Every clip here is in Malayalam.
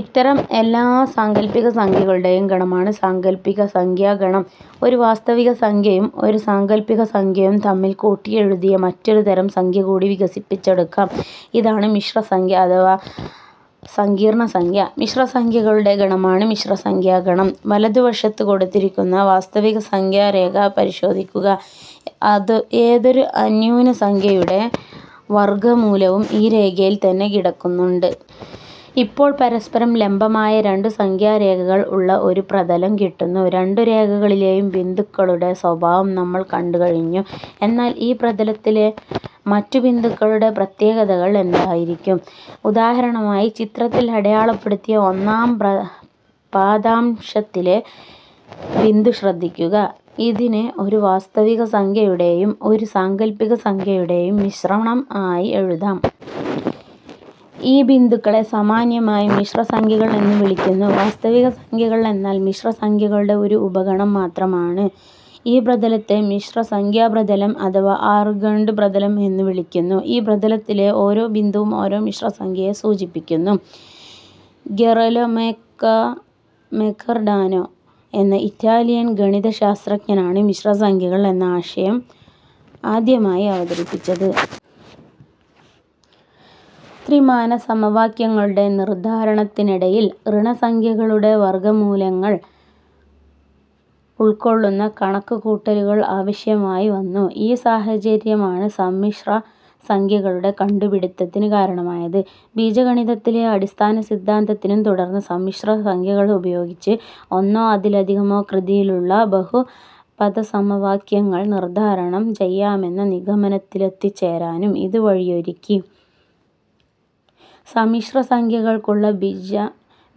ഇത്തരം എല്ലാ സാങ്കൽപ്പികസംഖ്യകളുടെയും ഗണമാണ് സാങ്കൽപ്പികസംഖ്യാഗണം. ഒരു വാസ്തവികസംഖ്യയും ഒരു സാങ്കല്പികസംഖ്യയും തമ്മിൽ കൂട്ടിയെഴുതിയ മറ്റൊരു തരം സംഖ്യ കൂടി വികസിപ്പിച്ചെടുക്കാം. ഇതാണ് മിശ്രസംഖ്യ അഥവാ സങ്കീർണസംഖ്യ. മിശ്രസംഖ്യകളുടെ ഗണമാണ് മിശ്രസംഖ്യാഗണം. വലതുവശത്തു കൊടുത്തിരിയ്ക്കുന്ന വാസ്തവികസംഖ്യാരേഖ പരിശോധിയ്ക്കുക. ഏതൊരു അന്യൂനസംഖ്യയുടെ വർഗ്ഗമൂലവും ഈ രേഖയിൽ തന്നെ കിടക്കുന്നുണ്ട്. ഇപ്പോൾ പരസ്പരം ലംബമായ രണ്ടു സംഖ്യാരേഖകൾ ഉള്ള ഒരു പ്രതലം കിട്ടുന്നു. രണ്ടു രേഖകളിലെയും ബിന്ദുക്കളുടെ സ്വഭാവം നമ്മൾ കണ്ടു കഴിഞ്ഞു. എന്നാൽ ഈ പ്രതലത്തിലെ മറ്റു ബിന്ദുക്കളുടെ പ്രത്യേകതകൾ എന്തായിരിയ്ക്കും? ഉദാഹരണമായി ചിത്രത്തിൽ അടയാളപ്പെടുത്തിയ ഒന്നാം പാദാംശത്തിലെ ബിന്ദു ശ്രദ്ധിയ്ക്കുക. ഇതിനെ ഒരു വാസ്തവികസംഖ്യയുടെയും ഒരു സാങ്കൽപ്പികസംഖ്യയുടെയും മിശ്രണം ആയി എഴുതാം. ഈ ബിന്ദുക്കളെ സാമാന്യമായി മിശ്രസംഖ്യകൾ എന്നു വിളിയ്ക്കുന്നു. വാസ്തവികസംഖ്യകൾ എന്നാൽ മിശ്രസംഖ്യകളുടെ ഒരു ഉപഗണം മാത്രമാണ്. ഈ പ്രതലത്തെ മിശ്രസംഖ്യാപ്രതലം അഥവാ ആർഗണ്ട് പ്രതലം എന്നു വിളിയ്ക്കുന്നു. ഈ പ്രതലത്തിലെ ഓരോ ബിന്ദുവും ഓരോ മിശ്രസംഖ്യയെ സൂചിപ്പിയ്ക്കുന്നു. ഗെറൊലമൊ കർഡാനൊ എന്ന ഇറ്റാലിയൻ ഗണിതശാസ്ത്രജ്ഞനാണ് മിശ്ര സംഖ്യകൾ എന്ന ആശയം ആദ്യമായി അവതരിപ്പിച്ചത്. ത്രിമാനസമവാക്യങ്ങളുടെ നിർദ്ധാരണത്തിനിടയിൽ ഋണസംഖ്യകളുടെ വർഗ്ഗമൂലങ്ങൾ ഉൾക്കൊള്ളുന്ന കണക്കുകൂട്ടലുകൾ ആവശ്യമായി വന്നു. ഈ സാഹചര്യമാണ് സമ്മിശ്രസംഖ്യകളുടെ കണ്ടുപിടിത്തത്തിന് കാരണമായത്. ബീജഗണിതത്തിലെ അടിസ്ഥാന സിദ്ധാന്തത്തിനും തുടർന്ന് സമ്മിശ്രസംഖ്യകൾ ഉപയോഗിച്ച് ഒന്നോ അതിലധികമോ കൃതിയിലുള്ള ബഹുപദസമവാക്യങ്ങൾ നിർദ്ധാരണം ചെയ്യാമെന്ന നിഗമനത്തിലെത്തിച്ചേരാനും ഇത് വഴിയൊരുക്കി. സമ്മിശ്രസംഖ്യകൾക്കുള്ള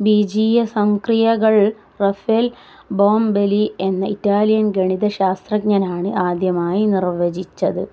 ബീജീയസംക്രിയകൾ റഫേൽ ബോംബെലി എന്ന ഇറ്റാലിയൻ ഗണിതശാസ്ത്രജ്ഞനാണ് ആദ്യമായി നിർവ്വചിച്ചത്.